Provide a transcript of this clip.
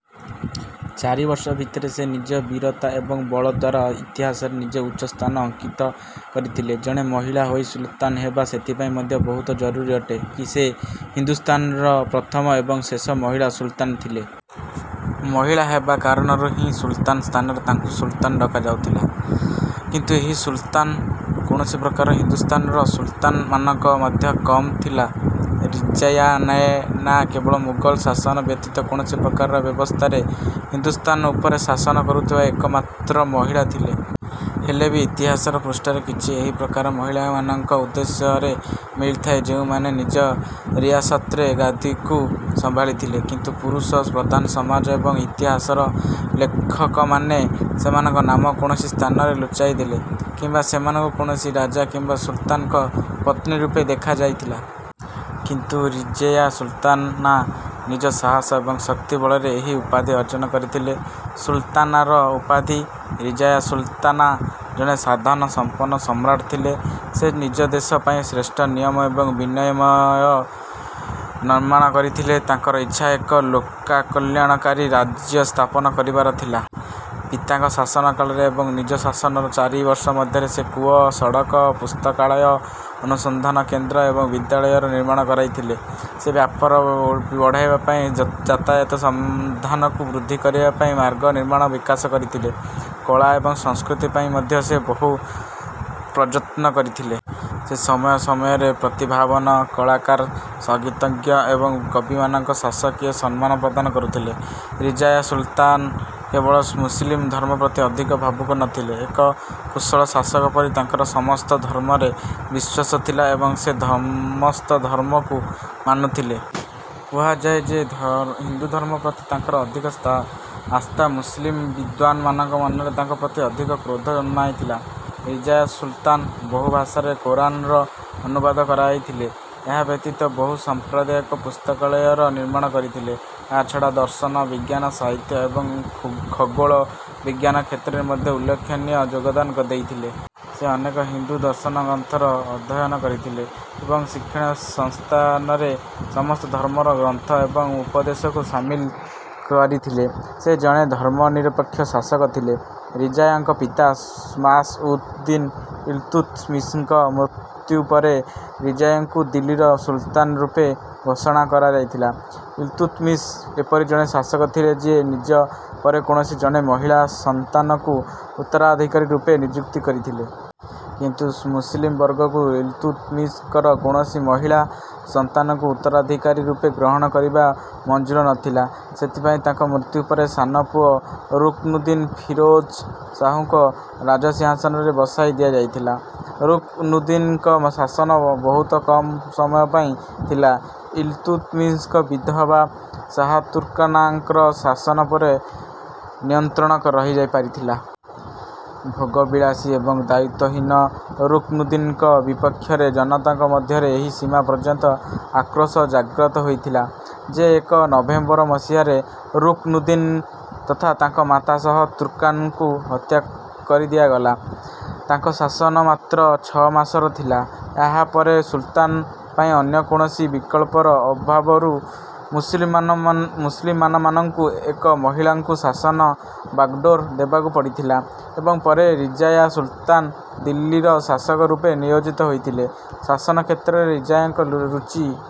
ଚାରି ବର୍ଷ ଭିତରେ ସେ ନିଜ ବୀରତା ଏବଂ ବଳ ଦ୍ୱାରା ଇତିହାସରେ ନିଜ ଉଚ୍ଚ ସ୍ଥାନ ଅଙ୍କିତ କରିଥିଲେ। ଜଣେ ମହିଳା ହୋଇ ସୁଲତାନ୍ ହେବା ସେଥିପାଇଁ ମଧ୍ୟ ବହୁତ ଜରୁରୀ ଅଟେ କି ସେ ହିନ୍ଦୁସ୍ଥାନର ପ୍ରଥମ ଏବଂ ଶେଷ ମହିଳା ସୁଲତାନ୍ ଥିଲେ। ମହିଳା ହେବା କାରଣରୁ ହିଁ ସୁଲତାନ୍ ସ୍ଥାନରେ ତାଙ୍କୁ ସୁଲତାନା ଡକାଯାଉଥିଲା। କିନ୍ତୁ ଏହି ସୁଲତାନା କୌଣସି ପ୍ରକାରେ ହିନ୍ଦୁସ୍ଥାନର ସୁଲତାନ୍‌ମାନଙ୍କ ମଧ୍ୟରେ କମ୍ ଥିଲା। ରଜିୟା ନା କେବଳ ମୁଗଲ ଶାସନ ବ୍ୟତୀତ କୌଣସି ପ୍ରକାର ବ୍ୟବସ୍ଥାରେ ହିନ୍ଦୁସ୍ଥାନ ଉପରେ ଶାସନ କରୁଥିବା ଏକମାତ୍ର ମହିଳା ଥିଲେ। ହେଲେ ବି ଇତିହାସର ପୃଷ୍ଠାରେ କିଛି ଏହିପ୍ରକାର ମହିଳାମାନଙ୍କ ଉଦ୍ଦେଶ୍ୟରେ ମିଳିଥାଏ ଯେଉଁମାନେ ନିଜ ରିୟାସତର ଗାଦିକୁ ସମ୍ଭାଳିଥିଲେ। କିନ୍ତୁ ପୁରୁଷ ପ୍ରଧାନ ସମାଜ ଏବଂ ଇତିହାସର ଲେଖକମାନେ ସେମାନଙ୍କ ନାମ କୌଣସି ସ୍ଥାନରେ ଲୁଚାଇଦେଲେ କିମ୍ବା ସେମାନଙ୍କୁ କୌଣସି ରାଜା କିମ୍ବା ସୁଲତାନ୍‌ଙ୍କ ପତ୍ନୀ ରୂପେ ଦେଖାଯାଇଥିଲା। କିନ୍ତୁ ରଜିୟା ସୁଲତାନା ନିଜ ସାହସ ଏବଂ ଶକ୍ତି ବଳରେ ଏହି ଉପାଧି ଅର୍ଜନ କରିଥିଲେ ସୁଲତାନାର ଉପାଧି। ରଜିୟା ସୁଲତାନା ଜଣେ ସାଧନ ସମ୍ପନ୍ନ ସମ୍ରାଟ ଥିଲେ। ସେ ନିଜ ଦେଶ ପାଇଁ ଶ୍ରେଷ୍ଠ ନିୟମ ଏବଂ ବିନିୟମର ନିର୍ମାଣ କରିଥିଲେ। ତାଙ୍କର ଇଚ୍ଛା ଏକ ଲୋକକଲ୍ୟାଣକାରୀ ରାଜ୍ୟ ସ୍ଥାପନ କରିବାର ଥିଲା। ପିତାଙ୍କ ଶାସନ କାଳରେ ଏବଂ ନିଜ ଶାସନର ଚାରି ବର୍ଷ ମଧ୍ୟରେ ସେ କୂଅ, ସଡ଼କ, ପୁସ୍ତକାଳୟ, ଅନୁସନ୍ଧାନ କେନ୍ଦ୍ର ଏବଂ ବିଦ୍ୟାଳୟର ନିର୍ମାଣ କରାଇଥିଲେ। ସେ ବ୍ୟାପାର ବଢ଼ାଇବା ପାଇଁ ଯାତାୟାତର ସାଧନକୁ ବୃଦ୍ଧି କରିବା ପାଇଁ ମାର୍ଗ ନିର୍ମାଣର ବିକାଶ କରିଥିଲେ। କଳା ଏବଂ ସଂସ୍କୃତି ପାଇଁ ମଧ୍ୟ ସେ ବହୁ ପ୍ରଯତ୍ନ କରିଥିଲେ। ସେ ସମୟ ସମୟରେ ପ୍ରତିଭାବାନ୍ କଳାକାର, ସଙ୍ଗୀତଜ୍ଞ ଏବଂ କବିମାନଙ୍କୁ ଶାସକୀୟ ସମ୍ମାନ ପ୍ରଦାନ କରୁଥିଲେ। ରଜିୟା ସୁଲତାନ୍ କେବଳ ମୁସଲିମ୍ ଧର୍ମ ପ୍ରତି ଅଧିକ ଭାବୁକ ନଥିଲେ। ଏକ କୁଶଳ ଶାସକ ପରି ତାଙ୍କର ସମସ୍ତ ଧର୍ମରେ ବିଶ୍ୱାସ ଥିଲା ଏବଂ ସେ ସମସ୍ତ ଧର୍ମକୁ ମାନୁଥିଲେ। କୁହାଯାଏ ଯେ ହିନ୍ଦୁ ଧର୍ମ ପ୍ରତି ତାଙ୍କର ଅଧିକ ଆସ୍ଥା ମୁସଲିମ୍ ବିଦ୍ୱାନ୍‌ମାନଙ୍କ ମନରେ ତାଙ୍କ ପ୍ରତି ଅଧିକ କ୍ରୋଧ ଜନ୍ମାଇଥିଲା। ରଜିୟା ସୁଲତାନ୍ ବହୁ ଭାଷାରେ କୋରାନ୍‌ର ଅନୁବାଦ କରାଇଥିଲେ। ଏହା ବ୍ୟତୀତ ବହୁ ସାମ୍ପ୍ରଦାୟିକ ପୁସ୍ତକାଳୟର ନିର୍ମାଣ କରିଥିଲେ। ଏହା ଛଡ଼ା ଦର୍ଶନ, ବିଜ୍ଞାନ, ସାହିତ୍ୟ ଏବଂ ଖଗୋଳ ବିଜ୍ଞାନ କ୍ଷେତ୍ରରେ ମଧ୍ୟ ଉଲ୍ଲେଖନୀୟ ଯୋଗଦାନ ଦେଇଥିଲେ। ସେ ଅନେକ ହିନ୍ଦୁ ଦର୍ଶନଗ୍ରନ୍ଥର ଅଧ୍ୟୟନ କରିଥିଲେ ଏବଂ ଶୈକ୍ଷଣିକ ସଂସ୍ଥାନରେ ସମସ୍ତ ଧର୍ମର ଗ୍ରନ୍ଥ ଏବଂ ଉପଦେଶକୁ ସାମିଲ କରିଥିଲେ। ସେ ଜଣେ ଧର୍ମନିରପେକ୍ଷ ଶାସକ ଥିଲେ। ରଜିୟାଙ୍କ ପିତା ଶାମ୍ସ-ଉଦ୍-ଦିନ୍-ଇଲ୍‌ତୁତ୍‌ମିଶଙ୍କ ମୃତ୍ୟୁ ପରେ, ରଜିୟାଙ୍କୁ ଦିଲ୍ଲୀର ସୁଲତାନ୍ ରୂପେ ଘୋଷଣା କରାଯାଇଥିଲା। ଇଲ୍‌ତୁତ୍‌ମିଶ ଏପରି ଜଣେ ଶାସକ ଥିଲେ ଯିଏ ନିଜ ପରେ କୌଣସି ଜଣେ ମହିଳା ସନ୍ତାନଙ୍କୁ ଉତ୍ତରାଧିକାରୀ ରୂପେ ନିଯୁକ୍ତ କରିଥିଲେ। କିନ୍ତୁ ମୁସଲିମ୍ ବର୍ଗଙ୍କୁ ଇଲ୍‌ତୁତ୍‌ମିଶଙ୍କର କୌଣସି ମହିଳା ସନ୍ତାନଙ୍କୁ ଉତ୍ତରାଧିକାରୀ ରୂପେ ଗ୍ରହଣ କରିବା ମଞ୍ଜୁର ନଥିଲା। ସେଥିପାଇଁ ତାଙ୍କ ମୃତ୍ୟୁ ପରେ ସାନ ପୁଅ ରୁକ୍‌ନୁଦ୍ଦୀନ୍ ଫିରୋଜ ଶାହଙ୍କୁ ରାଜସିଂହାସନରେ ବସାଇ ଦିଆଯାଇଥିଲା। ରୁକ୍‌ନୁଦ୍ଦୀନ୍‌ଙ୍କ ଶାସନ ବହୁତ କମ୍ ସମୟ ପାଇଁ ଥିଲା। ଇଲ୍‌ତୁତ୍‌ମିଶଙ୍କ ବିଧବା ଶାହା ତୁର୍କାନ୍‌ଙ୍କର ଶାସନ ଉପରେ ନିୟନ୍ତ୍ରଣ ରହିଯାଇ ପାରିନଥିଲା। ଭୋଗବିଳାସୀ ଏବଂ ଦାୟିତ୍ୱହୀନ ରୁକ୍‌ନୁଦ୍ଦୀନ୍‌ଙ୍କ ବିପକ୍ଷରେ ଜନତାଙ୍କ ମଧ୍ୟରେ ଏହି ସୀମା ପର୍ଯ୍ୟନ୍ତ ଆକ୍ରୋଶ ଜାଗ୍ରତ ହୋଇଥିଲା ଯେ ଏକ ନଭେମ୍ବର ମସିହାରେ ରୁକ୍‌ନୁଦ୍ଦୀନ୍ ତଥା ତାଙ୍କ ମାତା ଶାହା ତୁର୍କାନ୍‌ଙ୍କୁ ହତ୍ୟା କରିଦିଆଗଲା। ତାଙ୍କ ଶାସନ ମାତ୍ର ଛଅ ମାସର ଥିଲା। ଏହା ପରେ ସୁଲତାନ୍ ପାଇଁ ଅନ୍ୟ କୌଣସି ବିକଳ୍ପର ଅଭାବରୁ ମୁସଲ ମୁସଲିମାନ ମାନମାନଙ୍କୁ ଏକ ମହିଳାଙ୍କୁ ଶାସନର ବାଗଡୋର ଦେବାକୁ ପଡ଼ିଥିଲା ଏବଂ ପରେ ରଜିୟା ସୁଲତାନ୍ ଦିଲ୍ଲୀର ଶାସିକା ରୂପେ ନିୟୋଜିତ ହୋଇଥିଲେ। ଶାସନ କ୍ଷେତ୍ରରେ ରଜିୟାଙ୍କ ରୁଚି